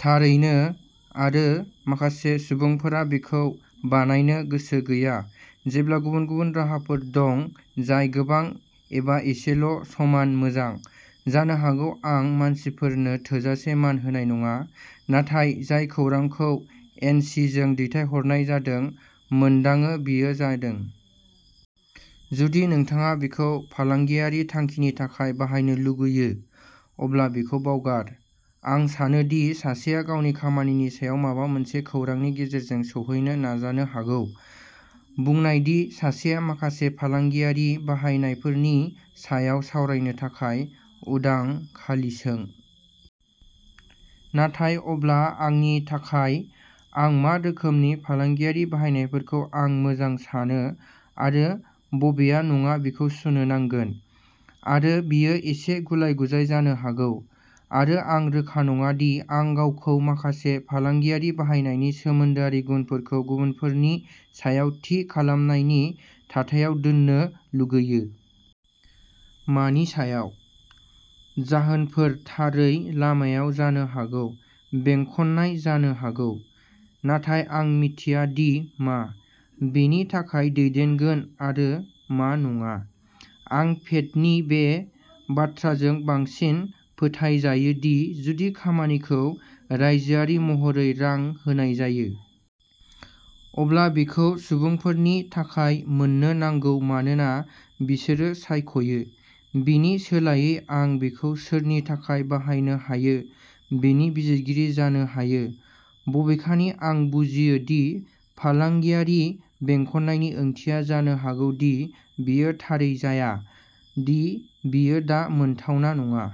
थारैनो। आरो माखासे सुबुंफोरा बेखौ बानायनो गोसो गैया जेब्ला गुबुन गुबुन राहाफोर दं जाय गोबां एबा एसेल' समान मोजां। जानो हागौ आं मानसिफोरनो थोजासे मान होनाय नङा। नाथाय जाय खौरांखौ एन सि जों दैथायहरनाय जादों मोनदाङो बेयो जादों। जुदि नोंथाङा बेखौ फालांगियारि थांखिनि थाखाय बाहायनो लुगैयो। अब्ला बेखौ बावगार। आं सानो दि सासेया गावनि खामानिनि सायाव माबा मोनसे खौरांनि गेजेरजों सौहैनो नाजानो हागौ। बुंनाय दि सासेया माखासे फालांगियारि बाहायनायफोरनि सायाव सावरायनो थाखाय उदां खालि सों। नाथाय अब्ला आंनि थाखाय आं मा रोखोमनि फालांगियारि बाहायनायफोरखौ आं मोजां सानो आरो बबेआ नङा बेखौ सुनो नांगोन। आरो बेयो एसे गुलाय-गुजाय जानो हागौ। आरो आं रोखा नङा दि आं गावखौ माखासे फालांगियारि बाहायनायनि सोमोन्दोआरि गुनफोरखौ गुबुनफोरनि सायाव थि खालामनायनि थाथायाव दोन्नो लुगैयो। मानि सायाव। जाहोनफोर थारै लामायाव जानो हागौ बेंखननाय जानो हागौ। नाथाय आं मिथिया दि मा बेनि थाखाय दैदेनगोन आरो मा नङा। आं पेटनि बे बाथ्राजों बांसिन फोथायजायो दि जुदि खामानिखौ रायजोआरि महरै रां होनाय जायो। अब्ला बेखौ सुबुंफोरनि थाखाय मोन्नो नांगौ मानोना बिसोरो सायख'यो। बेनि सोलायै आं बेखौ सोरनि थाखाय बाहायनो हायो बेनि बिजिरगिरि जानो हायो। बबेखानि आं बुजियो दि फालांगियारि बेंखननायनि ओंथिया जानो हागौ दि बेयो थारै जाया दि बेयो दा मोनथावना नङा।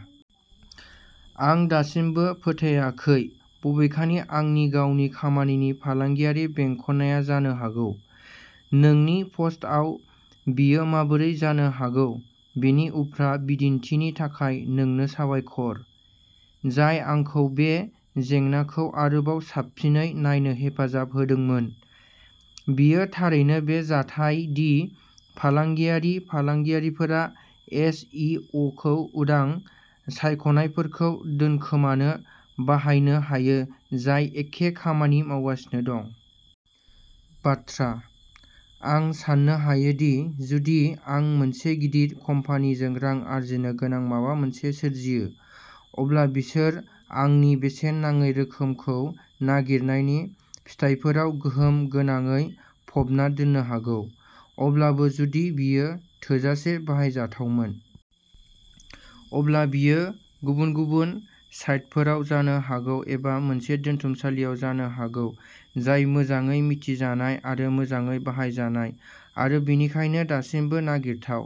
आं दासिमबो फोथायाखै बबेखानि आंनि गावनि खामानिनि फालांगियारि बेंखननाया जानो हागौ। नोंनि पस्टआव बेयो माबोरै जानो हागौ बेनि उफ्रा बिदिन्थिनि थाखाय नोंनो साबायखर। जाय आंखौ बे जेंनाखौ आरोबाव साबसिनै नायनो हेफाजाब होदोंमोन। बेयो थारैनो बे जाथाय दि फालांगियारि फालांगियारिफोरा एस इ अ खौ उदां सायख'नायफोरखौ दोनखोमानो बाहायनो हायो जाय एखे खामानि मावगासिनो दं। बाथ्रा। आं साननो हायोदि जुदि आं मोनसे गिदिर कम्पानिजों रां आरजिनो गोनां माबा मोनसे सोरजियो। अब्ला बिसोर आंनि बेसेन नाङै रोखोमखौ नागिरनायनि फिथायफोराव गोहोम गोनाङै फबना दोननो हागौ। अब्लाबो जुदि बेयो थोजासे बाहायजाथावमोन। अब्ला बेयो गुबुन-गुबुन साइटफोराव जानो हागौ एबा मोनसे दोनथुमसालियाव जानो हागौ जाय मोजाङै मिथिजानाय आरो मोजाङै बाहायजानाय आरो बेनिखायनो दासिमबो नागिरथाव।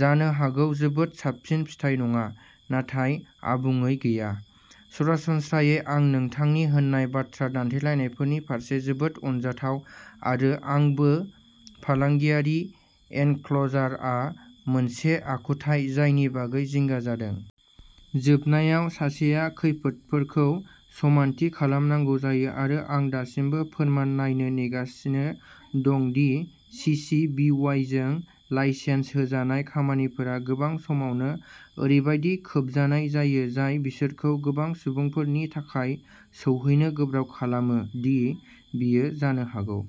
जानो हागौ जोबोद साबसिन फिथाय नङा। नाथाय आबुङै गैया। सरासनस्रायै आं नोंथांनि होनाय बाथ्रा दान्थेलायनायफोरनि फारसे जोबोद अनजाथाव आरो आंबो, फालांगियारि एनक्ल'जारआ मोनसे आखुथाय जानायनि बागै जिंगा जादों। जोबनायाव सासेया खैफोदफोरखौ समानथि खालामनांगौ जायो आरो आं दासिमबो फोरमान नायनो नेगासिनो दं दि सिसि-बिवाइजों लाइसेन्स होजानाय खामानिफोरा गोबां समावनो ओरैबायदि खोबजानाय जायो जाय बिसोरखौ गोबां सुबुंफोरनि थाखाय सौहैनो गोब्राब खालामो। दि बेयो जानो हागौ।